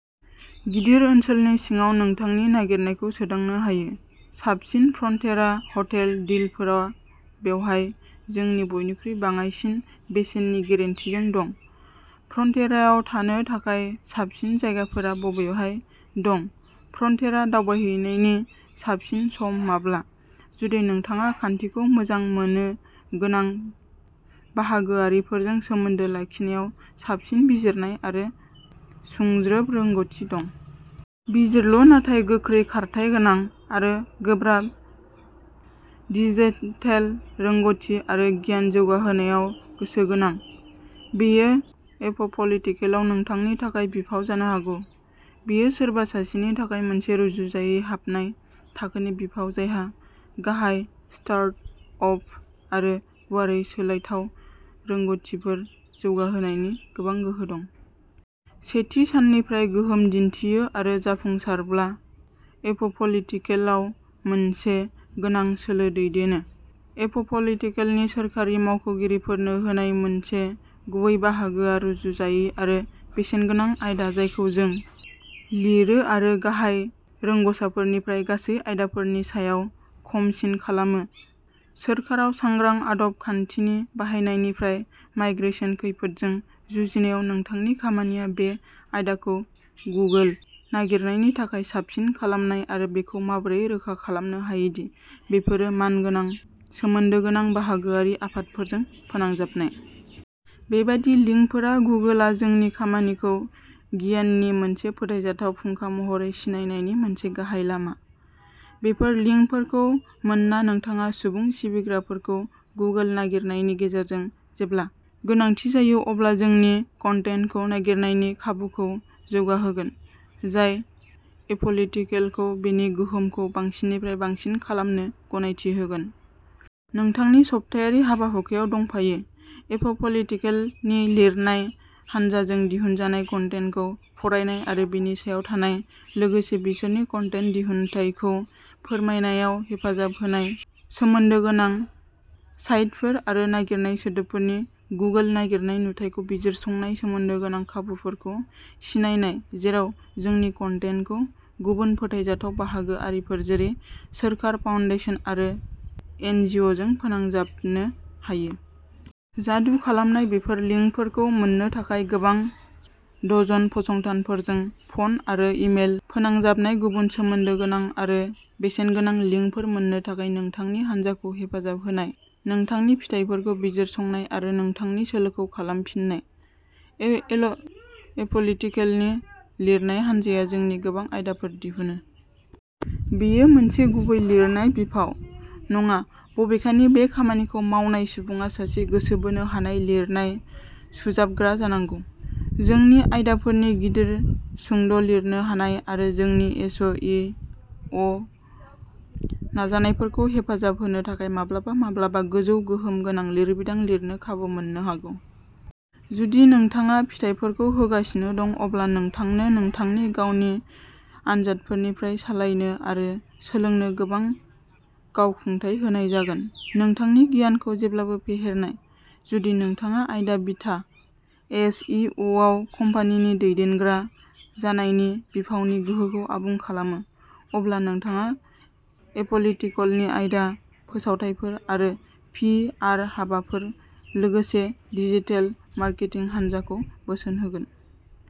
गिदिर ओनसोलनि सिङाव नोंथांनि नागिरनायखौ सोदांनो हायो। साबसिन फ्रन्टेरा हटेल डिलफोरा बेवहाय जोंनि बयनिख्रुइ बाङाइसिन बेसेननि गेरेन्टिजों दं। फ्रन्टेराआव थानो थाखाय साबसिन जायगाफोरा बबेहाय दं? फ्रन्टेरा दावबायहैनायनि साबसिन सम माब्ला? जुदि नोंथाङा खान्थिखौ मोजां मोनो गोनां बाहागोआरिफोरजों सोमोन्दो लाखिनायाव साबसिन बिजिरनाय आरो सुंज्रोब रोंग'थि दं। बिजिरलु नाथाय गोख्रै खारथाय गोनां आरो गोब्राब डिजिटेल रोंग'थि आरो गियान जौगाहोनायाव गोसो गोनां। बेयो एप'पलिटिकेलआव नोंथांनि थाखाय बिफाव जानो हागौ। बेयो सोरबा सासेनि थाखाय मोनसे रुजुजायै हाबनाय थाखोनि बिफाव जायहा गाहाय स्टार्ट अप आरो गुवारै सोलायथाव रोंगथिफोर जौगाहोनायनि गोबां गोहो दं। सेथि साननिफ्राय गोहोम दिनथियो आरो जाफुंसारब्ला एप'पलिटिकेलआव मोनसे गोनां सोलो दैदेनो। एप'पलिटिकेलनि सोरखारि मावख'गिरिफोरनो होनाय मोनसे गुबै बाहागोआ रुजुजायै आरो बेसेनगोनां आयदा जायखौ जों लिरो आरो गाहाय रोंगसारफोरनिफ्राय गासै आयदाफोरनि सायाव कमिसन खालामो सोरखाराव सांग्रां आदब खान्थिनि बाहायनायनिफ्राय माइग्रेसन खैफोदजों जुजिनायाव नोंथांनि खामानिया बे आयदाखौ गुगोल नागिरनायनि थाखाय साबसिन खालामनाय आरो बेखौ माबोरै रोखा खालामनो हायो दि बेफोरो मानगोनां सोमोन्दो गोनां बाहागोआरि आफादफोरजों फोनांजाबनाय। बेबादि लिंकफोरा गुगोलआ जोंनि खामानिखौ गियाननि मोनसे फोथायजाथाव फुंखा महरै सिनायनायनि मोनसे गाहाय लामा। बेफोर लिंकफोरखौ मोनना नोंथाङा सुबुं सिबिग्राफोरखौ गुगोल नागिरनायनि गेजेरजों जेब्ला गोनांथि जायो अब्ला जोंनि कन्टेन्टखौ नागिरनायनि खाबुखौ जौगाहोगोन। जाय एप'लिटिकेलखौ बेनि गोहोमखौ बांसिननिफ्राय बांसिन खालामनो गनायथि होगोन। नोंथांनि सप्तायारि हाबाहुखायाव दंफायो। एप'लिटिकेलनि लिरनाय हानजाजों दिहुनजानाय कन्टेन्टखौ फरायनाय आरो बेनि सायाव थानाय लोगोसे बिसोरनि कन्टेन्ट दिहुनथायखौ फोरमायनायाव हेफाजाब होनाय सोमोन्दो गोनां साइटफोर आरो नागिरनाय सोदोबफोरनि गुगोल नागिरनाय नुथायखौ बिजिरसंनाय सोमोन्दो गोनां खाबुफोरखौ सिनायनाय जेराव जोंनि कन्टेन्टखौ गुबुन फोथायजाथाव बाहागो आरिफोर जेरै सोरखार फाउन्डेसन आरो एनजिअजों फोनांजाबनो हायो। जादु खालामनाय बेफोर लिंकफोरखौ मोननो थाखाय गोबां डजन फसंथानफोरजों फन आरो इमेल फोनांजाबनाय गुबुन सोमोन्दो गोनां आरो बेसेनगोनां लिंकफोर मोन्नो थाखाय नोंथांनि हानजाखौ हेफाजाब होनाय नोंथांनि फिथायफोरखौ बिजिरसंनाय आरो नोंथांनि सोलोखौ खालामफिननाय। ए-एल एप'लिटिकलनि लिरनाय हानजाया जोंनि गोबां आयदाफोर दिहुनो। बेयो मोनसे गुबै लिरनाय बिफाव नङा-बबेखानि बे खामानिखौ मावनाय सुबुङा सासे गोसो बोनो हानाय लिरनाय सुंजाबग्रा जानांगौ। जोंनि आयदाफोरनि गिदिर सुंद'लिरनो हानाय आरो जोंनि एस इ अ नाजानायफोरखौ हेफाजाब होनो थाखाय माब्लाबा-माब्लाबा गोजौ गोहोम गोनां लिरबिदां लिरनो खाबु मोननो हागौ। जुदि नोंथाङा फिथायफोरखौ होगासिनो दं, अब्ला नोंथांनो नोंथांनि गावनि आनजादफोरनिफ्राय सालायनो आरो सोलोंनो गोबां गावखुंथाय होनाय जागोन, नोंथांनि गियानखौ जेब्लाबो फेहेरनाय। जुदि नोंथाङा आयदा-बिथा एस इ अ आव कम्पानिनि दैदेनग्रा जानायनि बिफावनि गोहोखौ आबुं खालामो, अब्ला नोंथाङा एप'लिटिकलनि आयदा, फोसावथायफोर आरो पि आर हाबाफोर, लोगोसे डिजिटेल मार्केटिं हानजाखौ बोसोन होगोन।